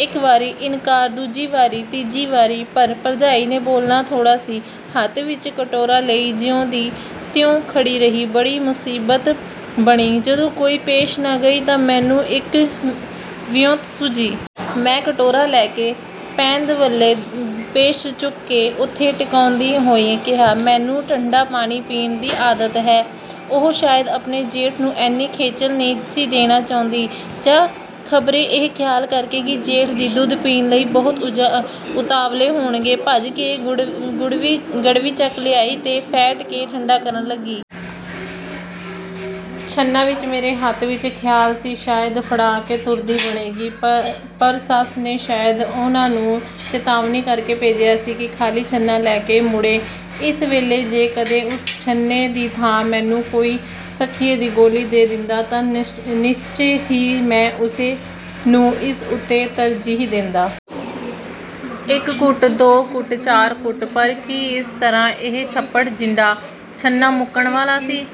ਇੱਕ ਵਾਰੀ ਇਨਕਾਰ, ਦੂਜੀ ਵਾਰੀ, ਤੀਜੀ ਵਾਰੀ, ਪਰ ਭਰਜਾਈ ਨੇ ਬੋਲਣਾ ਥੋੜ੍ਹਾ ਸੀ। ਹੱਥ ਵਿੱਚ ਕਟੋਰਾ ਲਈ ਜਿਉਂ ਦੀ ਤਿਉਂ ਖੜੀ ਰਹੀ। ਬੜੀ ਮੁਸੀਬਤ ਬਣੀ। ਜਦੋਂ ਕੋਈ ਪੇਸ਼ ਨਾ ਗਈ ਤਾਂ ਮੈਨੂੰ ਇੱਕ ਵਿਉਂਤ ਸੁੱਝੀ। ਮੈਂ ਕਟੋਰਾ ਲੈ ਕੇ ਪੈਂਦ ਵੱਲੋਂ ਖੇਸ ਚੁੱਕ ਕੇ ਓਥੇ ਟਿਕਾਉਂਦਿਆਂ ਹੋਇਆਂ ਕਿਹਾ, ਮੈਨੂੰ ਠੰਢਾ ਪੀਣ ਦੀ ਆਦਤ ਹੈ। ਉਹ ਸ਼ਾਇਦ ਆਪਣੇ ਜੇਠ ਨੂੰ ਐਨੀ ਖੇਚਲ ਨਹੀਂ ਸੀ ਦੇਣੀ ਚਾਹੁੰਦੀ, ਜਾਂ ਖ਼ਬਰੇ ਇਹ ਖ਼ਿਆਲ ਕਰਕੇ ਕਿ ਜੇਠ ਜੀ ਦੁੱਧ ਪੀਣ ਲਈ ਬਹੁਤ ਉਤਾਵਲੇ ਹੋਣਗੇ, ਭੱਜ ਕੇ ਗੜਵੀ ਚੁੱਕ ਲਿਆਈ ਤੇ ਫੈਂਟ ਕੇ ਠੰਢਾ ਕਰਨ ਲੱਗੀ। ਛੰਨਾ ਫਿਰ ਮੇਰੇ ਹੱਥ ਵਿੱਚ। ਖ਼ਿਆਲ ਸੀ ਸ਼ਾਇਦ ਫੜਾ ਕੇ ਤੁਰਦੀ ਬਣੇਗੀ, ਪਰ ਸੱਸ ਨੇ ਸ਼ਾਇਦ ਉਹਨੂੰ ਚਿਤਾਵਨੀ ਕਰਕੇ ਭੇਜਿਆ ਸੀ ਕਿ ਖਾਲੀ ਛੰਨਾ ਲੈ ਕੇ ਮੁੜੇ। ਇਸ ਵੇਲੇ ਜੇ ਕਦੇ ਉਸ ਛੰਨੇ ਦੀ ਥਾਂ ਮੈਨੂੰ ਕੋਈ ਸੰਖੀਏ ਦੀ ਗੋਲੀ ਦੇ ਦਿੰਦਾ ਤਾਂ ਨਿਸ਼ਚੇ ਹੀ ਮੈਂ ਉਸੇ ਨੂੰ ਇਸ ਉੱਤੇ ਤਰਜੀਹ ਦੇਂਦਾ। ਇੱਕ ਘੁੱਟ, ਦੋ ਘੁੱਟ, ਚਾਰ ਘੁੱਟ, ਪਰ ਕੀ ਇਸ ਤਰ੍ਹਾਂ ਇਹ ਛੱਪੜ ਜਿੱਡਾ ਛੰਨਾ ਮੁੱਕਣ ਵਾਲਾ ਸੀ?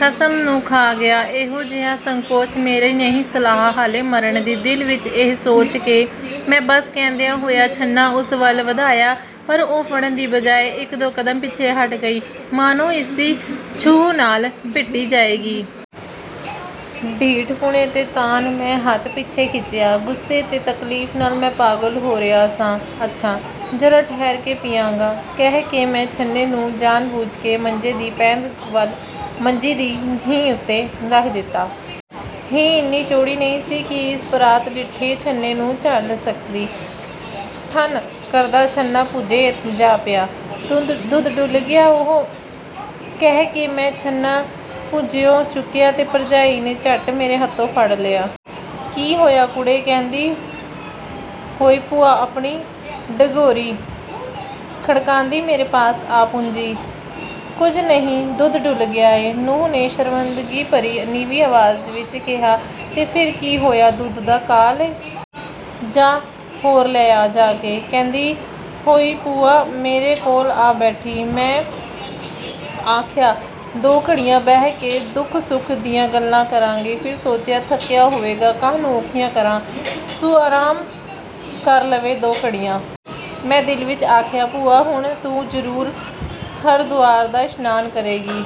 ਖਸਮ ਨੂੰ ਖਾ ਗਿਆ ਇਹੋ ਜਿਹਾ ਸੰਕੋਚ। ਮੇਰੀ ਨਹੀਂ ਸਲਾਹ ਹਾਲੇ ਮਰਨ ਦੀ ਦਿਲ ਵਿੱਚ ਇਹ ਸੋਚ ਕੇ ਮੈਂ ਬੱਸ ਕਹਿੰਦਿਆਂ ਹੋਇਆਂ, ਛੰਨਾ ਉਸ ਵੱਲ ਵਧਾਇਆ, ਪਰ ਉਹ ਫੜਨ ਦੀ ਬਜਾਇ ਇੱਕ-ਦੋ ਕਦਮ ਪਿੱਛੇ ਹਟ ਗਈ, ਮਾਨੋ ਇਸ ਦੀ ਛੂਹ ਨਾਲ ਭਿੱਟੀ ਜਾਏਗੀ। ਢੀਠਪੁਣੇ ਦੇ ਤਾਣ ਮੈਂ ਹੱਥ ਪਿੱਛੇ ਖਿੱਚਿਆ। ਗੁੱਸੇ ਤੇ ਤਕਲੀਫ਼ ਨਾਲ ਮੈਂ ਪਾਗਲ ਹੋ ਰਿਹਾ ਸਾਂ। ਅੱਛਾ, ਜ਼ਰਾ ਠਹਿਰ ਕੇ ਪੀਆਂਗਾ, ਕਹਿ ਕੇ ਮੈਂ ਛੰਨੇ ਨੂੰ ਜਾਣ-ਬੁੱਝ ਕੇ ਮੰਜੇ ਦੀ ਪੈਂਦ ਵੱਲ ਮੰਜੀ ਦੀ ਹੀਂਹ ਉੱਤੇ ਰੱਖ ਦਿੱਤਾ। ਹੀਂਹ ਇੰਨੀ ਚੌੜੀ ਨਹੀਂ ਸੀ ਕਿ ਇਸ ਪਰਾਤ ਜਿੱਡੇ ਛੰਨੇ ਨੂੰ ਝੱਲ ਸਕਦੀ। ਠੰਨ ਕਰਦਾ ਛੰਨਾ ਭੁੰਜੇ ਜਾ ਪਿਆ। ਦੁੱਧ ਡੁੱਲ੍ਹ ਗਿਆ। ਉਹੋ ਕਹਿ ਕੇ ਮੈਂ ਛੰਨਾ ਭੁੰਜਿਓਂ ਚੁੱਕਿਆ ਤੇ ਭਰਜਾਈ ਨੇ ਝੱਟ ਮੇਰੇ ਹੱਥੋਂ ਫੜ ਲਿਆ। ਕੀ ਹੋਇਆ ਕੁੜੇ ਕਹਿੰਦੀ ਹੋਈ ਭੂਆ ਆਪਣੀ ਡੰਗੋਰੀ ਖੜਕਾਂਦੀ ਮੇਰੇ ਪਾਸ ਆ ਪੁੱਜੀ। ਕੁਝ ਨਹੀਂ, ਦੁੱਧ ਡੁੱਲ੍ਹ ਗਿਆ ਏ, ਨੂੰਹ ਨੇ ਸ਼ਰਮਿੰਦਗੀ ਭਰੀ ਨੀਵੀਂ ਆਵਾਜ਼ ਵਿੱਚ ਕਿਹਾ। ਤੇ ਫਿਰ ਕੀ ਹੋਇਆ? ਦੁੱਧ ਦਾ ਕਾਲ ਏ? ਜਾਹ, ਹੋਰ ਲੈ ਆ ਜਾ ਕੇ, ਕਹਿੰਦੀ ਹੋਈ ਭੂਆ ਮੇਰੇ ਕੋਲ ਆ ਬੈਠੀ। ਮੈਂ ਆਖਿਆ, ਦੋ ਘੜੀਆਂ ਬਹਿ ਕੇ ਦੁੱਖ-ਸੁੱਖ ਦੀਆਂ ਗੱਲਾਂ ਕਰਾਂਗੀ। ਫਿਰ ਸੋਚਿਆ, ਥੱਕਿਆ ਹੋਵੇਗਾ, ਕਾਹਨੂੰ ਔਖਿਆਂ ਕਰਾਂ, ਸੁ ਆਰਾਮ ਕਰ ਲਵੇ ਦੋ ਘੜੀਆਂ। ਮੈਂ ਦਿਲ ਵਿੱਚ ਆਖਿਆ, ਭੂਆ, ਹੁਣ ਤੂੰ ਜ਼ਰੂਰ ਹਰਦੁਆਰ ਦਾ ਇਸ਼ਨਾਨ ਕਰੇਂਗੀ।